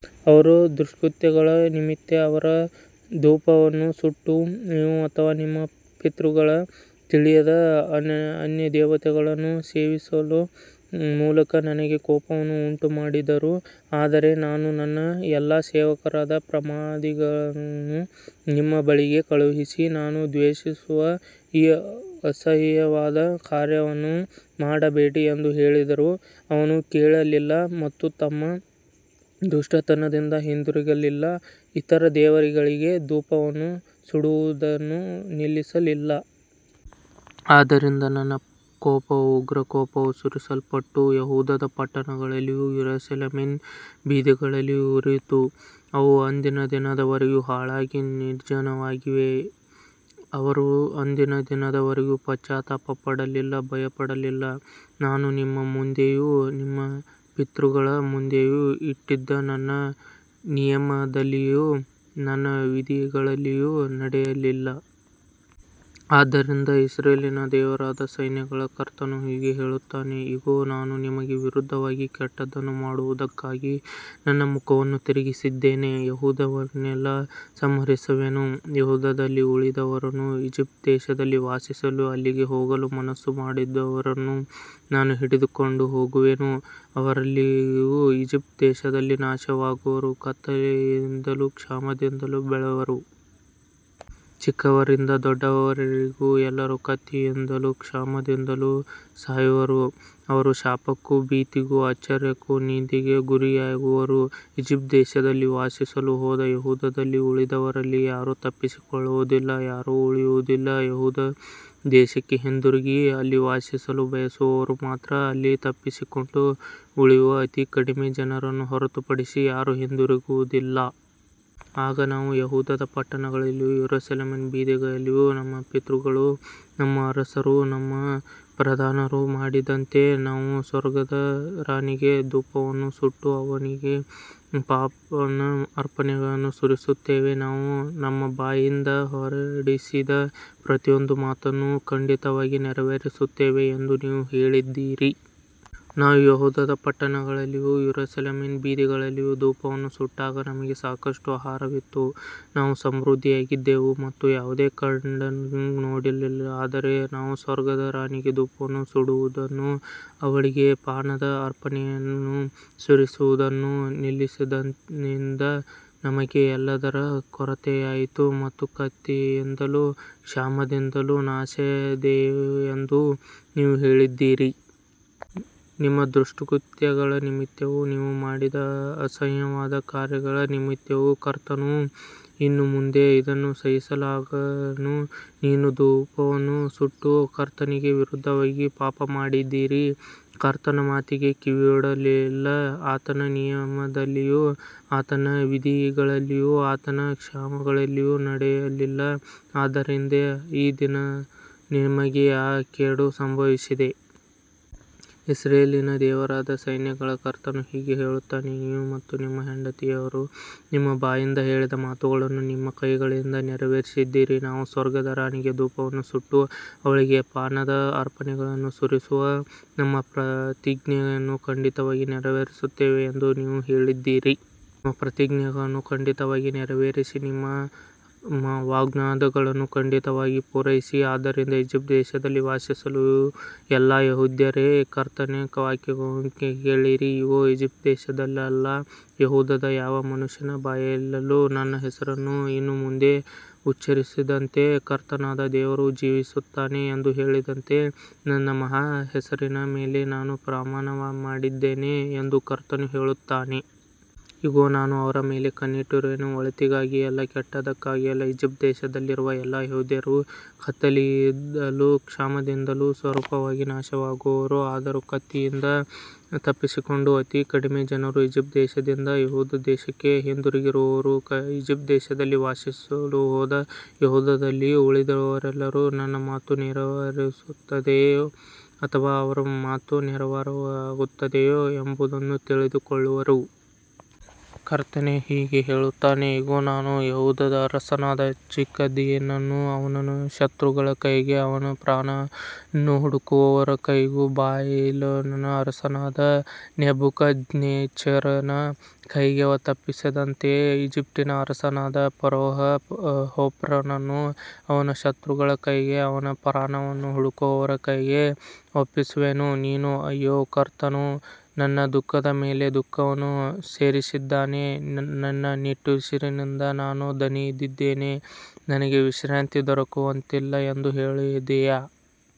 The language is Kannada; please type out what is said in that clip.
ಅವರ ದುಷ್ಕೃತ್ಯಗಳ ನಿಮಿತ್ತ ಅವರು ಧೂಪವನ್ನು ಸುಟ್ಟು, ನೀವು ಅಥವಾ ನಿಮ್ಮ ಪಿತೃಗಳು ತಿಳಿಯದ ಅನ್ಯದೇವತೆಗಳನ್ನು ಸೇವಿಸುವ ಮೂಲಕ ನನಗೆ ಕೋಪವನ್ನು ಉಂಟುಮಾಡಿದರು. ಆದರೆ ನಾನು ನನ್ನ ಎಲ್ಲಾ ಸೇವಕರಾದ ಪ್ರವಾದಿಗಳನ್ನು ನಿಮ್ಮ ಬಳಿಗೆ ಕಳುಹಿಸಿ, ನಾನು ದ್ವೇಷಿಸುವ ಈ ಅಸಹ್ಯವಾದ ಕಾರ್ಯವನ್ನು ಮಾಡಬೇಡಿ ಎಂದು ಹೇಳಿದ್ದರೂ ಅವರು ಕೇಳಲಿಲ್ಲ ಮತ್ತು ತಮ್ಮ ದುಷ್ಟತನದಿಂದ ಹಿಂದಿರುಗಲಿಲ್ಲ, ಇತರ ದೇವರುಗಳಿಗೆ ಧೂಪವನ್ನು ಸುಡುವುದನ್ನು ನಿಲ್ಲಿಸಲಿಲ್ಲ. ಆದ್ದರಿಂದ ನನ್ನ ಕೋಪವೂ ಉಗ್ರಕೋಪವೂ ಸುರಿಸಲ್ಪಟ್ಟು, ಯೆಹೂದದ ಪಟ್ಟಣಗಳಲ್ಲಿಯೂ ಯೆರೂಸಲೇಮಿನ ಬೀದಿಗಳಲ್ಲಿಯೂ ಉರಿಯಿತು, ಅವು ಇಂದಿನ ದಿನದವರೆಗೂ ಹಾಳಾಗಿಯೂ ನಿರ್ಜನವಾಗಿಯೂ ಇವೆ. ಅವರು ಇಂದಿನ ದಿನದವರೆಗೂ ಪಶ್ಚಾತ್ತಾಪಪಡಲಿಲ್ಲ, ಭಯಪಡಲಿಲ್ಲ, ನಾನು ನಿಮ್ಮ ಮುಂದೆಯೂ ನಿಮ್ಮ ಪಿತೃಗಳ ಮುಂದೆಯೂ ಇಟ್ಟಿದ್ದ ನನ್ನ ನಿಯಮದಲ್ಲಿಯೂ ನನ್ನ ವಿಧಿಗಳಲ್ಲಿಯೂ ನಡೆಯಲಿಲ್ಲ. ಆದ್ದರಿಂದ ಇಸ್ರಾಯೇಲಿನ ದೇವರಾದ ಸೈನ್ಯಗಳ ಕರ್ತನು ಹೀಗೆ ಹೇಳುತ್ತಾನೆ, ಇಗೋ, ನಾನು ನಿಮಗೆ ವಿರುದ್ಧವಾಗಿ ಕೆಟ್ಟದ್ದನ್ನು ಮಾಡುವುದಕ್ಕಾಗಿ ನನ್ನ ಮುಖವನ್ನು ತಿರುಗಿಸಿದ್ದೇನೆ, ಯೆಹೂದವನ್ನೆಲ್ಲಾ ಸಂಹರಿಸುವೆನು. ಯೆಹೂದದಲ್ಲಿ ಉಳಿದವರನ್ನು, ಈಜಿಪ್ಟ್ ದೇಶದಲ್ಲಿ ವಾಸಿಸಲು ಅಲ್ಲಿಗೆ ಹೋಗಲು ಮನಸ್ಸು ಮಾಡಿದವರನ್ನು, ನಾನು ಹಿಡಿದುಕೊಂಡು ಹೋಗುವೆನು, ಅವರೆಲ್ಲರೂ ಈಜಿಪ್ಟ್ ದೇಶದಲ್ಲಿ ನಾಶವಾಗುವರು, ಕತ್ತಿಯಿಂದಲೂ ಕ್ಷಾಮದಿಂದಲೂ ಬೀಳುವರು. ಚಿಕ್ಕವರಿಂದ ದೊಡ್ಡವರವರೆಗೆ ಎಲ್ಲರೂ ಕತ್ತಿಯಿಂದಲೂ ಕ್ಷಾಮದಿಂದಲೂ ಸಾಯುವರು, ಅವರು ಶಾಪಕ್ಕೂ ಭೀತಿಗೂ ಆಶ್ಚರ್ಯಕ್ಕೂ ನಿಂದೆಗೂ ಗುರಿಯಾಗುವರು. ಈಜಿಪ್ಟ್ ದೇಶದಲ್ಲಿ ವಾಸಿಸಲು ಹೋದ ಯೆಹೂದದಲ್ಲಿ ಉಳಿದವರಲ್ಲಿ ಯಾರೂ ತಪ್ಪಿಸಿಕೊಳ್ಳುವುದಿಲ್ಲ, ಯಾರೂ ಉಳಿಯುವುದಿಲ್ಲ, ಯೆಹೂದ ದೇಶಕ್ಕೆ ಹಿಂದಿರುಗಿ ಅಲ್ಲಿ ವಾಸಿಸಲು ಬಯಸುವವರು ಮಾತ್ರ, ಅಲ್ಲಿ ತಪ್ಪಿಸಿಕೊಂಡು ಉಳಿಯುವ ಅತಿ ಕಡಿಮೆ ಜನರನ್ನು ಹೊರತುಪಡಿಸಿ ಯಾರೂ ಹಿಂದಿರುಗುವುದಿಲ್ಲ. ಆಗ ನಾವು ಯೆಹೂದದ ಪಟ್ಟಣಗಳಲ್ಲಿಯೂ ಯೆರೂಸಲೇಮಿನ ಬೀದಿಗಳಲ್ಲಿಯೂ, ನಮ್ಮ ಪಿತೃಗಳೂ ನಮ್ಮ ಅರಸರೂ ನಮ್ಮ ಪ್ರಧಾನರೂ ಮಾಡಿದಂತೆ, ನಾವು ಸ್ವರ್ಗದ ರಾಣಿಗೆ ಧೂಪವನ್ನು ಸುಟ್ಟು, ಅವಳಿಗೆ ಪಾನದ ಅರ್ಪಣೆಗಳನ್ನು ಸುರಿಯುತ್ತೇವೆ, ನಾವು ನಮ್ಮ ಬಾಯಿಂದ ಹೊರಡಿಸಿದ ಪ್ರತಿಯೊಂದು ಮಾತನ್ನೂ ಖಂಡಿತವಾಗಿ ನೆರವೇರಿಸುತ್ತೇವೆ ಎಂದು ನೀವು ಹೇಳಿದ್ದೀರಿ. ನಾವು ಯೆಹೂದದ ಪಟ್ಟಣಗಳಲ್ಲಿಯೂ ಯೆರೂಸಲೇಮಿನ ಬೀದಿಗಳಲ್ಲಿಯೂ ಧೂಪವನ್ನು ಸುಟ್ಟಾಗ ನಮಗೆ ಸಾಕಷ್ಟು ಆಹಾರವಿತ್ತು, ನಾವು ಸಮೃದ್ಧಿಯಾಗಿದ್ದೆವು ಮತ್ತು ಯಾವುದೇ ಕೇಡನ್ನು ನೋಡಲಿಲ್ಲ. ಆದರೆ ನಾವು ಸ್ವರ್ಗದ ರಾಣಿಗೆ ಧೂಪವನ್ನು ಸುಡುವುದನ್ನೂ ಅವಳಿಗೆ ಪಾನದ ಅರ್ಪಣೆಗಳನ್ನು ಸುರಿಸುವುದನ್ನೂ ನಿಲ್ಲಿಸಿದಂದಿನಿಂದ ನಮಗೆ ಎಲ್ಲದರ ಕೊರತೆಯಾಯಿತು ಮತ್ತು ಕತ್ತಿಯಿಂದಲೂ ಕ್ಷಾಮದಿಂದಲೂ ನಾಶವಾದೆವು ಎಂದು ನೀವು ಹೇಳಿದ್ದೀರಿ. ನಿಮ್ಮ ದುಷ್ಕೃತ್ಯಗಳ ನಿಮಿತ್ತವೂ ನೀವು ಮಾಡಿದ ಅಸಹ್ಯವಾದ ಕಾರ್ಯಗಳ ನಿಮಿತ್ತವೂ ಕರ್ತನು ಇನ್ನು ಮುಂದೆ ಅದನ್ನು ಸಹಿಸಲಾರನು. ನೀವು ಧೂಪವನ್ನು ಸುಟ್ಟು ಕರ್ತನಿಗೆ ವಿರುದ್ಧವಾಗಿ ಪಾಪಮಾಡಿದ್ದೀರಿ, ಕರ್ತನ ಮಾತಿಗೆ ಕಿವಿಗೊಡಲಿಲ್ಲ, ಆತನ ನಿಯಮದಲ್ಲಿಯೂ ಆತನ ವಿಧಿಗಳಲ್ಲಿಯೂ ಆತನ ಸಾಕ್ಷಿಗಳಲ್ಲಿಯೂ ನಡೆಯಲಿಲ್ಲ, ಆದ್ದರಿಂದ ಈ ದಿನ ನಿಮಗೆ ಈ ಕೇಡು ಸಂಭವಿಸಿದೆ. ಇಸ್ರಾಯೇಲಿನ ದೇವರಾದ ಸೈನ್ಯಗಳ ಕರ್ತನು ಹೀಗೆ ಹೇಳುತ್ತಾನೆ, ನೀವು ಮತ್ತು ನಿಮ್ಮ ಹೆಂಡತಿಯರು ನಿಮ್ಮ ಬಾಯಿಂದ ಹೇಳಿದ ಮಾತುಗಳನ್ನು ನಿಮ್ಮ ಕೈಗಳಿಂದ ನೆರವೇರಿಸಿದ್ದೀರಿ, ನಾವು ಸ್ವರ್ಗದ ರಾಣಿಗೆ ಧೂಪವನ್ನು ಸುಟ್ಟು, ಅವಳಿಗೆ ಪಾನದ ಅರ್ಪಣೆಗಳನ್ನು ಸುರಿಸುವ ನಮ್ಮ ಪ್ರತಿಜ್ಞೆಗಳನ್ನು ಖಂಡಿತವಾಗಿ ನೆರವೇರಿಸುತ್ತೇವೆ ಎಂದು ನೀವು ಹೇಳಿದ್ದೀರಿ. ನಿಮ್ಮ ಪ್ರತಿಜ್ಞೆಗಳನ್ನು ಖಂಡಿತವಾಗಿ ನೆರವೇರಿಸಿರಿ, ನಿಮ್ಮ ವಾಗ್ದಾನಗಳನ್ನು ಖಂಡಿತವಾಗಿ ಪೂರೈಸಿರಿ. ಆದ್ದರಿಂದ ಈಜಿಪ್ಟ್ ದೇಶದಲ್ಲಿ ವಾಸಿಸುವ ಎಲ್ಲಾ ಯೆಹೂದ್ಯರೇ, ಕರ್ತನ ವಾಕ್ಯವನ್ನು ಕೇಳಿರಿ. ಇಗೋ, ಈಜಿಪ್ಟ್ ದೇಶದಲ್ಲೆಲ್ಲಾ ಯೆಹೂದದ ಯಾವ ಮನುಷ್ಯನ ಬಾಯಿಂದಲೂ ನನ್ನ ಹೆಸರನ್ನು ಇನ್ನು ಮುಂದೆ ಉಚ್ಚರಿಸದಂತೆ, ಕರ್ತನಾದ ದೇವರು ಜೀವಿಸುತ್ತಾನೆ ಎಂದು ಹೇಳದಂತೆ, ನನ್ನ ಮಹಾ ಹೆಸರಿನ ಮೇಲೆ ನಾನು ಪ್ರಮಾಣಮಾಡಿದ್ದೇನೆ ಎಂದು ಕರ್ತನು ಹೇಳುತ್ತಾನೆ. ಇಗೋ, ನಾನು ಅವರ ಮೇಲೆ ಕಣ್ಣಿಟ್ಟಿರುವೆನು, ಒಳಿತಿಗಾಗಿ ಅಲ್ಲ, ಕೆಟ್ಟದ್ದಕ್ಕಾಗಿ, ಈಜಿಪ್ಟ್ ದೇಶದಲ್ಲಿರುವ ಎಲ್ಲಾ ಯೆಹೂದ್ಯರು ಕತ್ತಿಯಿಂದಲೂ ಕ್ಷಾಮದಿಂದಲೂ ಸಂಪೂರ್ಣವಾಗಿ ನಾಶವಾಗುವರು. ಆದರೂ ಕತ್ತಿಯಿಂದ ತಪ್ಪಿಸಿಕೊಂಡ ಅತಿ ಕಡಿಮೆ ಜನರು ಈಜಿಪ್ಟ್ ದೇಶದಿಂದ ಯೆಹೂದ ದೇಶಕ್ಕೆ ಹಿಂದಿರುಗುವರು. ಈಜಿಪ್ಟ್ ದೇಶದಲ್ಲಿ ವಾಸಿಸಲು ಹೋದ ಯೆಹೂದದಲ್ಲಿ ಉಳಿದವರೆಲ್ಲರೂ ನನ್ನ ಮಾತು ನೆರವೇರುತ್ತದೆಯೋ ಅಥವಾ ಅವರ ಮಾತು ನೆರವೇರುತ್ತದೆಯೋ ಎಂಬುದನ್ನು ತಿಳಿದುಕೊಳ್ಳುವರು. ಕರ್ತನು ಹೀಗೆ ಹೇಳುತ್ತಾನೆ, ಇಗೋ, ನಾನು ಯೆಹೂದದ ಅರಸನಾದ ಚಿದ್ಕೀಯನನ್ನು ಅವನ ಶತ್ರುಗಳ ಕೈಗೂ ಅವನ ಪ್ರಾಣವನ್ನು ಹುಡುಕುವವರ ಕೈಗೂ, ಬಾಬಿಲೋನಿನ ಅರಸನಾದ ನೆಬೂಕದ್ನೆಚ್ಚರನ ಕೈಗೂ ಒಪ್ಪಿಸಿದಂತೆಯೇ, ಈಜಿಪ್ಟಿನ ಅರಸನಾದ ಫರೋಹ್ ಹೋಫ್ರನನ್ನೂ ಅವನ ಶತ್ರುಗಳ ಕೈಗೂ ಅವನ ಪ್ರಾಣವನ್ನು ಹುಡುಕುವವರ ಕೈಗೂ ಒಪ್ಪಿಸುವೆನು. ನೀನು, ಅಯ್ಯೋ, ಕರ್ತನು ನನ್ನ ದುಃಖದ ಮೇಲೆ ದುಃಖವನ್ನು ಸೇರಿಸಿದ್ದಾನೆ, ನನ್ನ ನಿಟ್ಟುಸಿರಿನಿಂದ ನಾನು ದಣಿದಿದ್ದೇನೆ, ನನಗೆ ವಿಶ್ರಾಂತಿ ದೊರೆಯುತ್ತಿಲ್ಲ ಎಂದು ಹೇಳಿದ್ದೀಯೆ.